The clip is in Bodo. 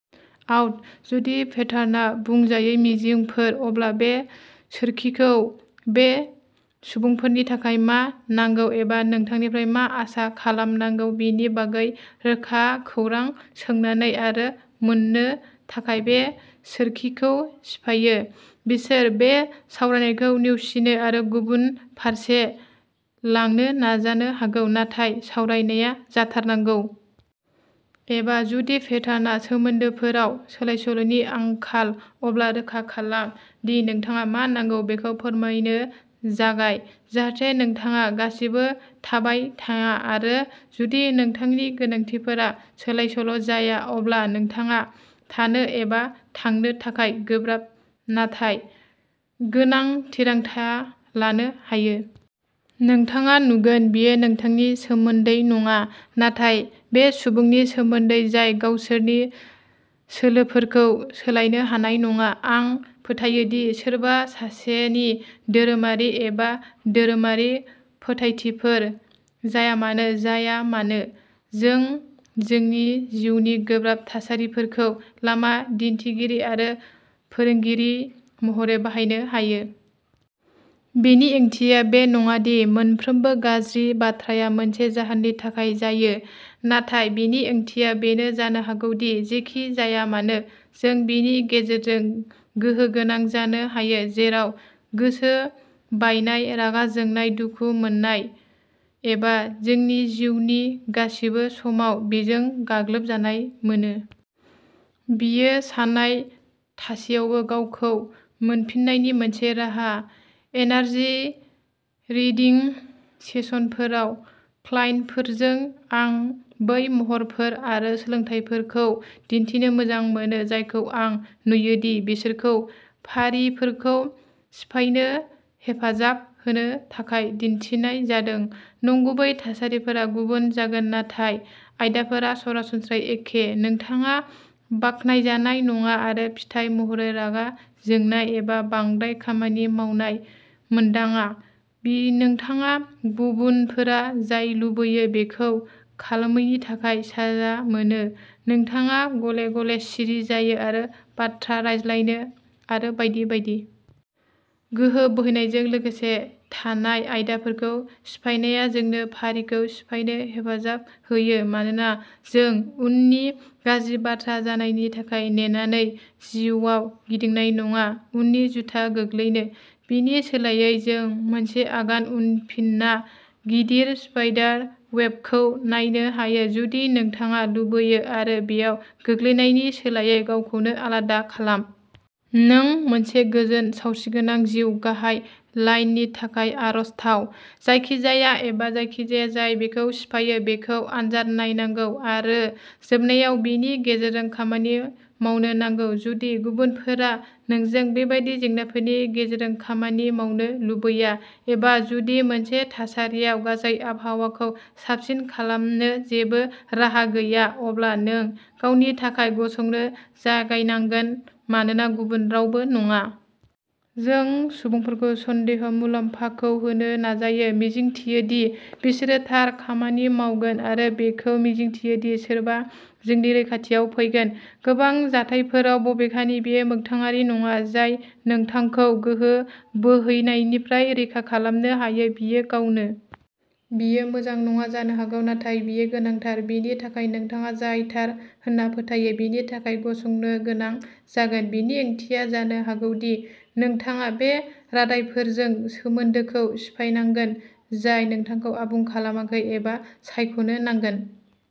आउट। जुदि पेटार्नआ बुंजायै मिजिंफोर, अब्ला बे सोरखिखौ बे सुबुंफोरनि थाखाय मा नांगौ एबा नोंथांनिफ्राय मा आसा खालामनांगौ बेनि बागै रोखा खौरां सोंनानै आरो मोन्नो थाखाय बे सोरखिखौ सिफायो। बिसोर बे सावरायनायखौ नेवसिनो आरो गुबुन फारसे लांनो नाजानो हागौ, नाथाय सावरायनाया जाथारनांगौ। एबा, जुदि पेटार्नआ सोमोन्दोफोराव सोलायसोल'नि आंखाल, अब्ला रोखा खालाम दि नोंथाङा मा नांगौ बेखौ फोरमायनो जागाय, जाहाथे नोंथाङा गासिबो थाबाय-थांया आरो जुदि नोंथांनि गोनांथिफोरा सोलायसोल'जाया, अब्ला नोंथाङा थानो एबा थांनो थाखाय गोब्राब नाथाय गोनां थिरांथा लानो हायो। नोंथाङा नुगोन बेयो नोंथांनि सोमोन्दै नङा, नाथाय बे सुबुंनि सोमोन्दै जाय गावसोरनि सोलोफोरखौ सोलायनो हानाय नङा। आं फोथायो दि सोरबा सासेनि धोरोमारि एबा धोरोमारि फोथायथिफोर जायामानो जाया मानो, जों जोंनि जिउनि गोब्राब थासारिफोरखौ लामा दिन्थिगिरि आरो फोरोंगिरि महरै बाहायनो हायो। बेनि ओंथिया बे नङा दि मोनफ्रोमबो गाज्रि बाथ्राया मोनसे जाहोननि थाखाय जायो, नाथाय बेनि ओंथिया बेनो जानो हागौ दि जेखि जाया मानो, जों बेनि गेजेरजों गोहो गोनां जानो हायो जेराव गोसो बायनाय, रागा जोंनाय, दुखु मोननाय, दुखु मोननाय, एबा जोंनि जिउनि गासिबो समाव बेजों गाग्लोब जानाय मोनो। बेयो सानाय थासेयावबो गावखौ मोनफिननायनि मोनसे राहा। एनार्जि रिडिं सेसनफोराव क्लाइन्टफोरजों, आं बै महरफोर आरो सोलोंथायफोरखौ दिन्थिनो मोजां मोनो जायखौ आं नुयो दि बिसोरखौ फारिफोरखौ सिफायनो हेफाजाब होनो थाखाय दिन्थिनाय जादों। नंगुबै थासारिफोरा गुबुन जागोन नाथाय आयदाफोरा सरासनस्रायै एखेः बि नोंथाङा बाख्नायजानाय नङा आरो फिथाय महरै रागा जोंनाय एबा बांद्राय खामानि मावनाय मोनदाङा; नोंथाङा गुबुनफोरा जाय लुबैयो बेखौ खालामैनि थाखाय साजा मोनो; नोंथाङा गले-गले सिरि जायो आरो बाथ्रा रायज्लायो, आरो बायदि बायदि। गोहो बोहैनायजों लोगोसे थानाय आयदाफोरखौ सिनायनाया जोंनो फारिखौ सिफायनो हेफाजाब होयो मानोना जों उननि "गाज्रि" बाथ्रा जानायनि थाखाय नेनानै जिउआव गिदिंनाय नङा-उननि जुथा गोग्लैनो। बेनि सोलायै, जों मोनसे आगान उनफिनना गिदिर स्पाइडार वेबखौ नायनो हायो, जुदि नोंथाङा लुबैयो, आरो बेयाव गोग्लैनायनि सोलायै गावखौनो आलादा खालाम। नों मोनसे गोजोन, सावस्रिगोनां जिउ, गाहाय लाइननि थाखाय आरजाथाव। जायखिजाया एबा जायखिजाया जाय बेखौ सिफायो, बेखौ आनजाद नायनांगौ आरो जोबनायाव बेनि गेजेरजों खामानि मावनो नांगौ। जुदि गुबुनफोरा नोंजों बेबादि जेंनाफोरनि गेजेरजों खामानि मावनो लुबैया, एबा जुदि मोनसे थासारियाव गासै आबहावाखौ साबसिन खालामनो जेबो राहा गैया, अब्ला नों गावनि थाखाय गसंनो जागायनांगोन-मानोना गुबुन रावबो नङा। जों सुबुंफोरखौ सन्देहनि मुलाम्फाखौ होनो नाजायो, मिजिंथियो दि बिसोरो थार खामानि मावगोन, आरो बेखौबो मिजिंथियो दि सोरबा जोंनि रैखाथियाव फैगोन। गोबां जाथायफोराव, बबेखानि, बेयो मोगथाङारि नङा। जाय नोंथांखौ गोहो बोहैनायनिफ्राय रैखा खालामनो हायो, बियो गावनो। बेयो मोजां नङा जानो हागौ, नाथाय बेयो गोनांथार। बेनि थाखाय नोंथाङा जाय थार होनना फोथायो, बेनि थाखाय गसंनो गोनां जागोन। बेनि ओंथिया जानो हागौ दि नोंथाङा बै रादायफोरजों सोमोन्दोखौ सिफायनांगोन जाय नोंथांखौ आबुं खालामाखै, एबा सायख'नो नांगोन।